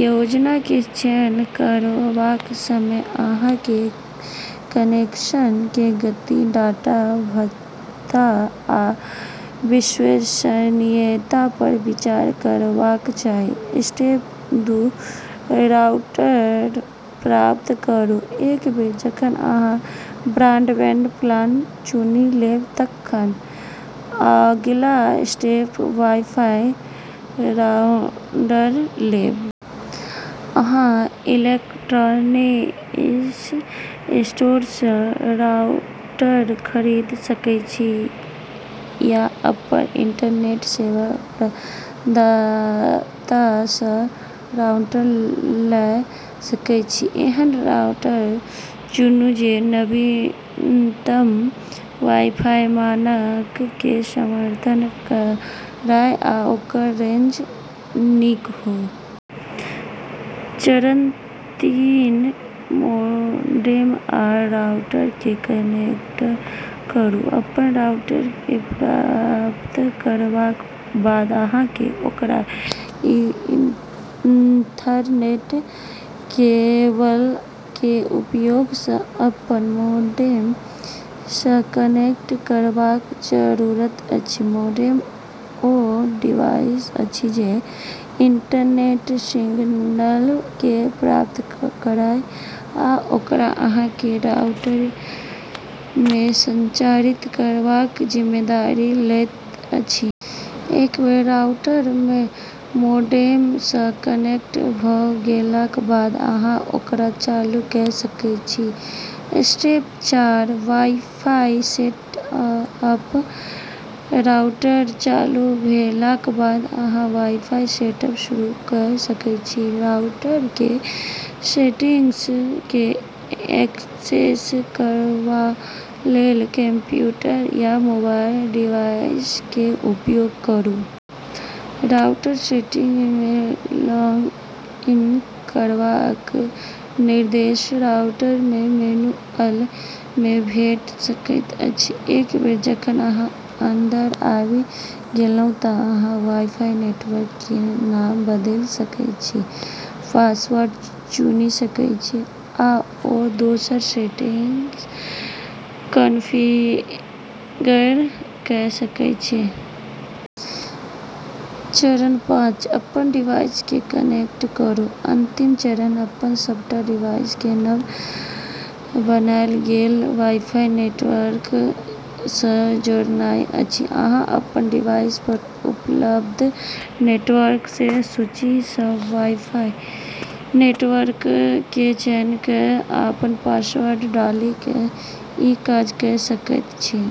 योजना के चयन करबाक समय अहाँ के कनेक्शन के गति, डाटा भत्ता, आ विश्वसनीयता पर विचार करबाक चाही। स्टेप दू राउटर प्राप्त करू। एक बेर जखन अहाँ ब्रॉडबैंड प्लान चुनि लेब तखन अगिला स्टेप वाई-फाई राउडर लेब। अहाँ इलेक्ट्रॉनिक्स स्टोर सँ राउटर खरीद सकैत छी या अपन इंटरनेट सेवा प्रदाता सँ राउटर लए सकैत छी। एहन राउटर चुनू जे नवीनतम वाई-फाई मानक के समर्थन करए आ ओकर रेंज नीक हो। चरण तीन मोडेम आ राउटर के कनेक्ट करू। अपन राउटर के प्राप्त करबाक बाद, अहाँ के ओकरा ईथरनेट केबल के उपयोग सँ अपन मोडेम सँ कनेक्ट करबाक जरूरत अछि। मोडेम ओ डिवाइस अछि जे इंटरनेट सिग्नल के प्राप्त करए आ ओकरा अहाँ के राउटर मे संचारित करबाक जिम्मेदारी लैत अछि। एक बेर राउटर मोडेम सँ कनेक्ट भ गेलाक बाद अहाँ ओकरा चालू कए सकैत छी। स्टेप चार वाई-फाई सेट अप। राउटर चालू भेलाक बाद अहाँ वाई-फाई सेटअप शुरू कए सकैत छी। राउटर के सेटिंग्स के एक्सेस करबा लेल कंप्यूटर या मोबाइल डिवाइस के उपयोग करू। राउटर सेटिंग्स मे लॉग इन करबाक निर्देश राउटर के मैनुअल मे भेट सकैत अछि। एक बेर जखन अहाँ अंदर आबि गेलहुं त अहाँ वाई-फाई नेटवर्क के नाम बदलि सकैत छी, पासवर्ड चुनि सकैत छी आओर दोसर सेटिंग्स कॉन्फ़िगर कए सकैत छी। चरण पाँच अपन डिवाइस के कनेक्ट करू। अंतिम चरण अपन सबटा डिवाइस के नव बनायल गेल वाई-फाई नेटवर्क सँ जोड़नाय अछि। अहाँ अपन डिवाइस पर उपलब्ध नेटवर्क के सूची सँ वाई-फाई नेटवर्क के चयन कए आ पासवर्ड डालि कए ई काज कए सकैत छी।